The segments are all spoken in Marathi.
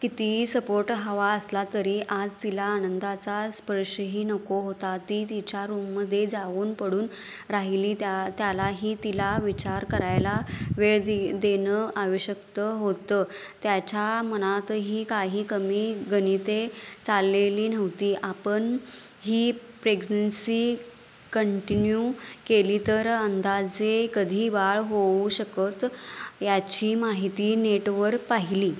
कितीही सपोर्ट हवा असला तरी आज तिला आनंदचा स्पर्शही नको होता. ती तिच्या रूममध्ये जाऊन पडून राहिली. त्यालाही तिला विचार करायला वेळ देणं आवश्यक होतं. त्याच्या मनातही काही कमी गणिते चाललेली नव्हती. आपण ही प्रेग्नन्सी कंटिन्यू केली तर अंदाजे कधी बाळ होऊ शकत याची माहिती नेटवर पाहिली.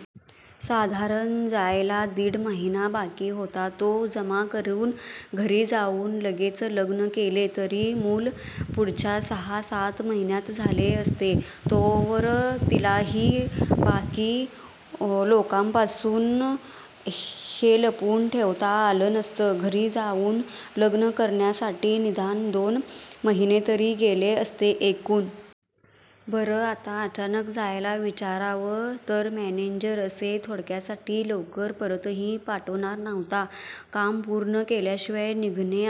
साधारण जायला दीड महिना बाकी होता. तो जमा करून घरी जाऊन लगेच लग्न केले तरी मूल पुढच्या सहा-सात महिन्यांत झाले असते. तोवर तिलाही बाकी लोकांपासून हे लपवून ठेवता आलं नसतं. घरी जाऊन लग्न करण्यासाठी निदान दोन महिने तरी गेले असते एकूण. बरं आता अचानक जायला विचारावं तर मॅनेजर असे थोडक्यासाठी लवकर परतही पाठवणार नव्हता. काम पूर्ण केल्याशिवाय निघणे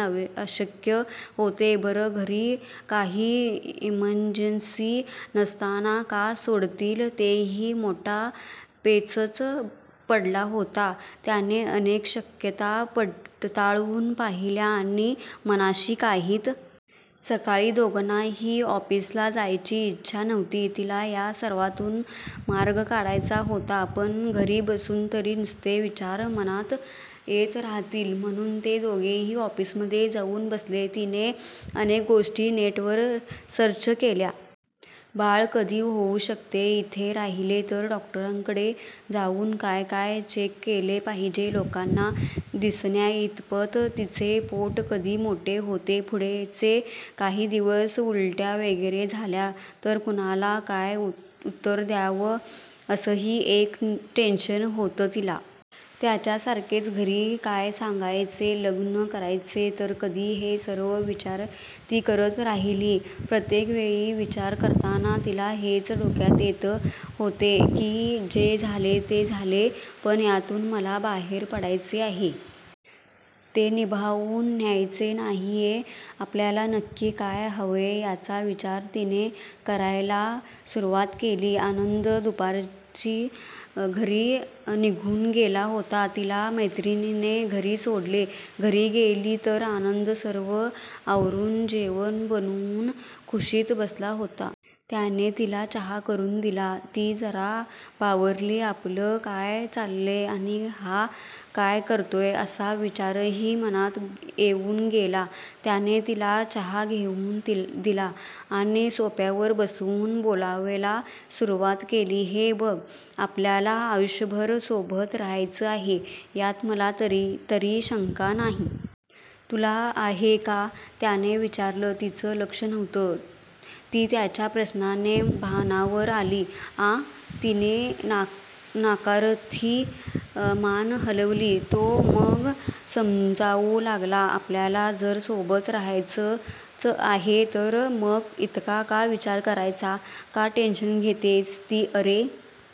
अशक्य होते. बरं घरी काही इमर्जन्सी नसताना का सोडतील तेही? मोठा पेचच पडला होता. त्याने अनेक शक्यता पडताळून पाहिल्या आणि मनाशी काहीतरी निश्चित करून तो झोपून गेला. सकाळी दोघांनाही ऑफिसला जायची इच्छा नव्हती. तिला या सर्वातून मार्ग काढायचा होता. पण घरी बसून तरी नुसते विचार मनात येत राहतील म्हणून ते दोघेही ऑफिसमध्ये जाऊन बसले. तिने अनेक गोष्टी नेटवर सर्च केल्या. बाळ कधी होऊ शकते, इथे राहिले तर डॉक्टरकडे जाऊन काय काय चेक केले पाहिजे, लोकांना दिसण्याइतपत तिचे पोट कधी मोठे होते. पुढचे काही दिवस उलट्या वगैरे झाल्या तर कुणाला काय उत्तर द्यावं असंही एक टेन्शन होतं तिला. त्याच्यासारखेच घरी काय सांगायचे, लग्न करायचे तर कधी हे सर्व विचार ती करत राहिली. प्रत्येकवेळी विचार करताना तिला हेच डोक्यात येत होते की जे झाले ते झाले पण यातून मला बाहेर पडायचे आहे. ते निभावून न्यायचे नाहीये. आपल्याला नक्की काय हवंय याचा विचार तिने करायला सुरुवात केली. आनंद दुपारीच घरी निघून गेला होता. तिला मैत्रिणीने घरी सोडले. घरी गेली तर आनंद सर्व आवरून, जेवण बनवून खुशीत बसला होता. त्याने तिला चहा करून दिला. ती जरा बावरली. आपलं काय चाललंय आणि हा काय करतोय असा विचारही मनात येऊन गेला. त्याने तिला चहा घेऊन दिला आणि सोफ्यावर बसवून बोलायला सुरुवात केली,"हे बघ, आपल्याला आयुष्यभर सोबत राहायचं आहे यात मला तरी शंका नाहीये. तुला आहे का? ", त्याने विचारलं. तिचं लक्ष नव्हतं. ती त्याच्या प्रश्नाने भानावर आली. "आं! तिने नकारार्थी मान हलवली. तो मग समजावू लागला,"आपल्याला जर सोबत राहायचंच आहे तर मग इतका का विचार करायचा? का टेन्शन घेतेस? ती," अरे